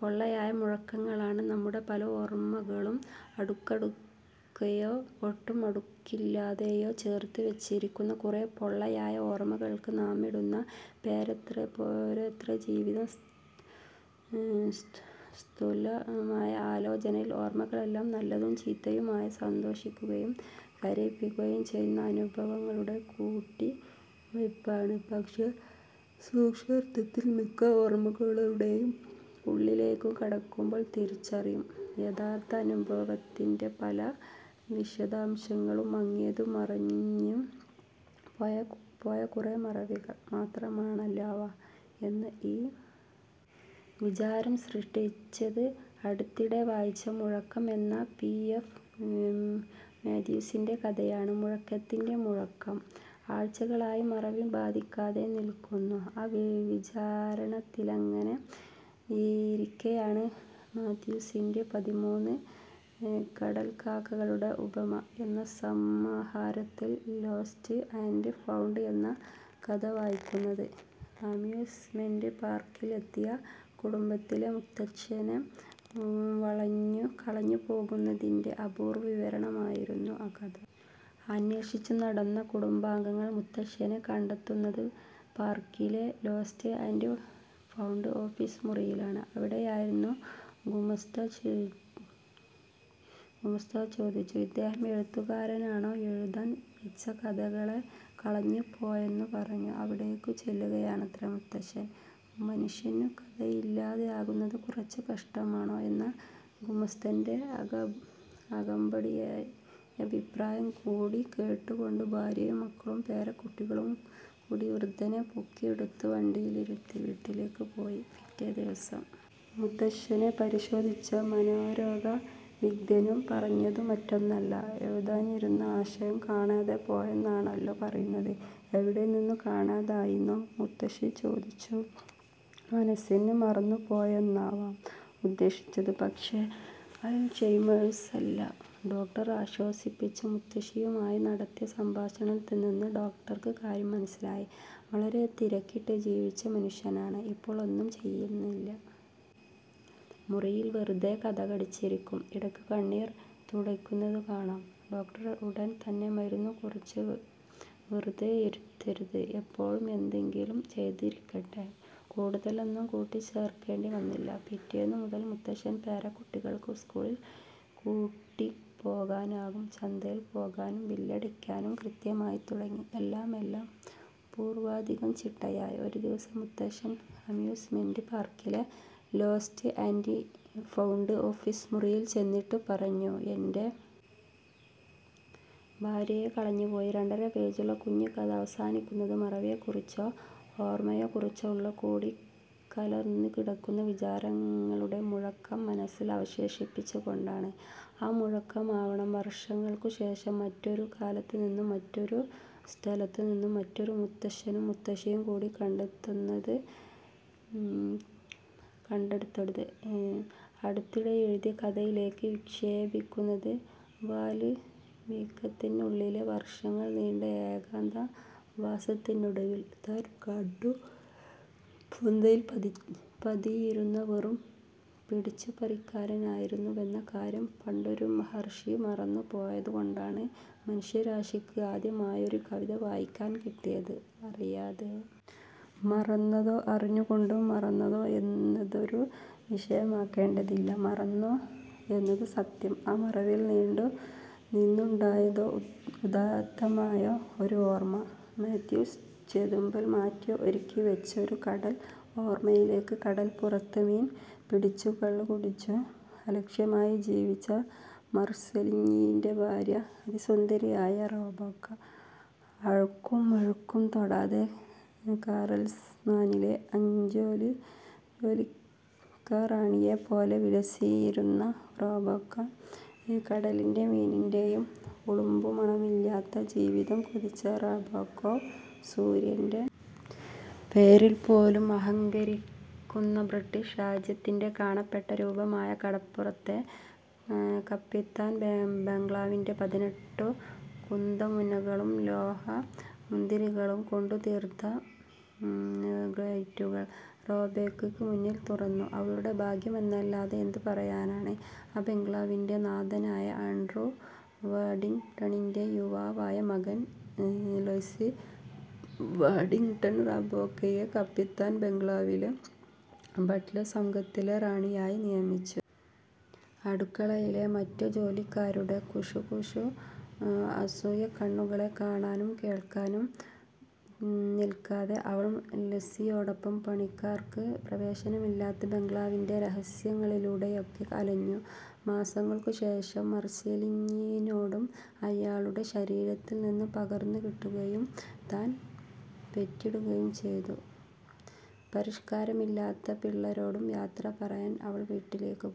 പൊള്ളയായ മുഴക്കങ്ങളാണ് നമ്മുടെ പല ഓർമകളും. അടുക്കടുക്കായോ ഒട്ടും അടുക്കില്ലാതെയോ ചേർത്തുവച്ചിരിക്കുന്ന കുറെ പൊള്ളയായ ഓർമകൾക്ക് നാമിടുന്ന പേരത്രേ ജീവിതം. സ്ഥൂലമായ ആലോചനയിൽ ഓർമകളെല്ലാം നല്ലതും ചീത്തയുമായ, സന്തോഷിപ്പിക്കുകയും കരയിപ്പിക്കുകയും ചെയ്യുന്ന അനുഭവങ്ങളുടെ കൂട്ടിവയ്പാണ്. പക്ഷേ സൂക്ഷ്മാർഥത്തിൽ മിക്ക ഓർമകളുടെയും ഉള്ളിലേക്കു കടക്കുമ്പോൾ തിരിച്ചറിയും, യഥാർഥ അനുഭവത്തിൻ്റെ പല വിശദാംശങ്ങളും മങ്ങിയും മറഞ്ഞും പോയ പോയ കുറെ മറവികൾ മാത്രമാണല്ലോ അവ എന്ന്.ഈ വിചാരം സൃഷ്ടിച്ചത് അടുത്തിടെ വായിച്ച മുഴക്കം എന്ന പി എഫ് മാത്യൂസിൻ്റെ കഥയാണ്. മുഴക്കത്തിൻ്റെ മുഴക്കം ആഴ്ചകളായി മറവി ബാധിക്കാതെ നിൽക്കുന്നു. ആ വിചാരത്തിലങ്ങനെ ഇരിക്കെയാണ് മാത്യൂസിൻ്റെ പതിമൂന്ന് കടൽക്കാക്കകളുടെ ഉപമ എന്ന സമാഹാരത്തിൽ ലോസ്റ്റ് ആൻഡ് ഫൗണ്ട് എന്ന കഥ വായിക്കുന്നത്. അമ്യൂസ്മെന്റ് പാർക്കിൽ എത്തിയ കുടുംബത്തിലെ മുത്തശ്ശനെ കളഞ്ഞുപോകുന്നതിൻ്റെ അപൂർവ വിവരണമായിരുന്നു ആ കഥ. അന്വേഷിച്ചുനടന്ന കുടുംബാംഗങ്ങൾ മുത്തശ്ശനെ കണ്ടെത്തുന്നത് പാർക്കിലെ ലോസ്റ്റ് ആൻഡ് ഫൗണ്ട് ഓഫീസ് മുറിയിലാണ്. അവിടെയിരുന്ന ഗുമസ്ത ചോദിച്ചു. ഇദ്ദേഹം എഴുത്തുകാരനാണോ? എഴുതാൻ വച്ച കഥ കളഞ്ഞുപോയെന്നു പറഞ്ഞ് അവിടേക്കു ചെല്ലുകയായിരുന്നത്രെ മുത്തശ്ശൻ. മനുഷ്യനു കഥയില്ലാതാകുന്നതു കുറച്ചു കഷ്ടമാണേ എന്ന ഗുമസ്തൻ്റെ അകമ്പടിയഭിപ്രായം കൂടി കേട്ടുകൊണ്ട് ഭാര്യയും മക്കളും പേരക്കുട്ടികളും കൂടി വൃദ്ധനെ പൊക്കിയെടുത്തു വണ്ടിയിലിരുത്തി വീട്ടിലേക്കു പോയി. പിറ്റേദിവസം മുത്തശ്ശനെ പരിശോധിച്ച മനോരോഗ വിദഗ്ധനും പറഞ്ഞതു മറ്റൊന്നല്ല. എഴുതാനിരുന്ന ആശയം കാണാതെ പോയെന്നാണല്ലോ പറയുന്നത്. എവിടെ നിന്നു കാണാതായീന്നാ? മുത്തശ്ശി ചോദിച്ചു. മനസ്സീന്ന്. മറന്നുപോയെന്നാവും ഉദ്ദേശിച്ചത്. പക്ഷേ അൽഷൈമേഴ്സല്ല. ഡോക്ടർ ആശ്വസിപ്പിച്ചു. മുത്തശ്ശിയുമായി നടത്തിയ സംഭാഷണത്തിൽ നിന്ന് ഡോക്ടർ ഒരു കാര്യം മനസ്സിലാക്കി. വളരെ തിരക്കിട്ടു ജീവിച്ച മനുഷ്യനാണ്. ഇപ്പോൾ ഒന്നും ചെയ്യുന്നില്ല. മുറിയിൽ വെറുതെ കതകടച്ചിരിക്കും. ഇടയ്ക്ക് കണ്ണീർ തുടയ്ക്കുന്നതു കാണാം. ഡോക്ടർ ഉടൻ തന്നെ മരുന്നു കുറിച്ചു. വെറുതെയിരുത്തരുത്. എപ്പോഴും എന്തെങ്കിലും ചെയ്തിരിക്കട്ടെ. കൂടുതലൊന്നും കൂട്ടിച്ചേർക്കേണ്ടി വന്നില്ല. പിറ്റേന്നു മുതൽ മുത്തശ്ശൻ പേരക്കുട്ടികൾക്ക് സ്കൂളിൽ കൂട്ടിപ്പോകാനും ചന്തയിൽ പോകാനും ബില്ലടയ്ക്കാനും കൃത്യമായി തുടങ്ങി. എല്ലാമെല്ലാം പൂർവാധികം ചിട്ടയായി. ഒരു ദിവസം മുത്തശ്ശൻ അമ്യൂസ്മെന്റ് പാർക്കിലെ ലോസ്റ്റ് ആൻഡ് ഫൗണ്ട് ഓഫീസ് മുറിയിൽ ചെന്നിട്ടു പറഞ്ഞു. എൻ്റെ ഭാര്യയെ കളഞ്ഞുപോയി. രണ്ടര പേജുള്ള കുഞ്ഞുകഥ അവസാനിക്കുന്നത് മറവിയെക്കുറിച്ചോ ഓർമയെക്കുറിച്ചോ ഉള്ള കൂടിക്കലർന്നുകിടക്കുന്ന വിചാരങ്ങളുടെ മുഴക്കം മനസ്സിൽ അവശേഷിപ്പിച്ചുകൊണ്ടാണ്. ആ മുഴക്കമാവണം വർഷങ്ങൾക്കു ശേഷം മറ്റൊരു കാലത്തുനിന്നും മറ്റൊരു സ്ഥലത്തുനിന്നും മറ്റൊരു മുത്തശ്ശനും മുത്തശ്ശിയും കൂടി കണ്ടെടുത്ത് അടുത്തിടെ എഴുതിയ കഥയിലേക്ക് വിക്ഷേപിക്കുന്നത്. വാല്മീകത്തിനുള്ളിലെ വർഷങ്ങൾ നീണ്ട ഏകാന്തവാസത്തിനൊടുവിൽ, താൻ കാട്ടുപൊന്തയിൽ പതിയിരുന്ന വെറും പിടിച്ചുപറിക്കാരനായിരുന്നുവെന്ന കാര്യം പണ്ടൊരു മഹർഷി മറന്നുപോയതുകൊണ്ടാണ് മനുഷ്യരാശിക്ക് ആദ്യമായൊരു കവിത വായിക്കാൻ കിട്ടിയത്. അറിയാതെ മറന്നതോ അറിഞ്ഞുകൊണ്ട് മറന്നതോ എന്നതൊരു വിഷയമാക്കേണ്ടതില്ല. മറന്നു എന്നത് സത്യം. ആ മറവിയിൽ നിന്നുണ്ടായതോ ഉദാത്തമായ ഒരു ഓർമ. മാത്യൂസ് ചെതുമ്പൽ മാറ്റി ഒരുക്കിവച്ചൊരു കടൽ ഓർമയിലേക്ക് കടൽപ്പുറത്ത് മീൻ പിടിച്ചും കള്ളുകുടിച്ചും അലക്ഷ്യമായി ജീവിച്ച മർസലീഞ്ഞിൻ്റെ ഭാര്യ അതിസുന്ദരിയായ റബേക്ക. അഴുക്കും മെഴുക്കും തൊടാതെ കാറൽസ്മാനിലെ അഞ്ജേലിക്കാ റാണിയെപ്പോലെ വിലസിയിരുന്ന റബേക്ക കടലിൻ്റെയും മീനിൻ്റെയും ഉളുമ്പുമണമില്ലാത്ത ജീവിതം കൊതിച്ച റബേക്ക. സൂര്യൻ്റെ പേരിൽ പോലും അഹങ്കരിക്കുന്ന ബ്രിട്ടീഷ് രാജ്യത്തിൻ്റെ കാണപ്പെട്ട രൂപമായ കടപ്പുറത്തെ കപ്പിത്താൻ ബംഗ്ലാവിൻ്റെ പതിനെട്ടുകുന്തമുനകളും ലോഹമുന്തിരികളും കൊണ്ടുതീർത്ത ഗേറ്റുകൾ റബേക്കയ്ക്കു മുന്നിൽ തുറന്നു. അവളുടെ ഭാഗ്യമെന്നല്ലാതെ എന്തു പറയാനാണ്.ആ ബംഗ്ലാവിൻ്റെ നാഥനായ ആൻഡ്രൂ വാഡിങ്ടണിൻ്റെ യുവാവായ മകൻ ലെസ്ലി വാഡിങ്ടൺ റബേക്കയെ കപ്പിത്താൻ ബംഗ്ലാവിലെ ബട്ലർ സംഘത്തിലെ റാണിയായി നിയമിച്ചു. അടുക്കളയിലെ മറ്റു ജോലിക്കാരുടെ കുശുകുശുക്കലും അസൂയക്കണ്ണുകളും കാണാനും കേൾക്കാനും നിൽക്കാതെ അവൾ ലെസ്ലിയോടൊപ്പം പണിക്കാർക്ക് പ്രവേശനമില്ലാത്ത ബംഗ്ലാവിൻ്റെ രഹസ്യങ്ങളിലൂടെയൊക്കെ അലഞ്ഞു. മാസങ്ങൾക്കു ശേഷം മർസലീഞ്ഞിനോടും അയാളുടെ ശരീരത്തിൽനിന്നു പകർന്നുകിട്ടുകയും താൻ പെറ്റിടുകയും ചെയ്ത പരിഷ്കാരമില്ലാത്ത പിള്ളാരോടും യാത്ര പറയാൻ അവൾ വീട്ടിലേക്കു പോയി.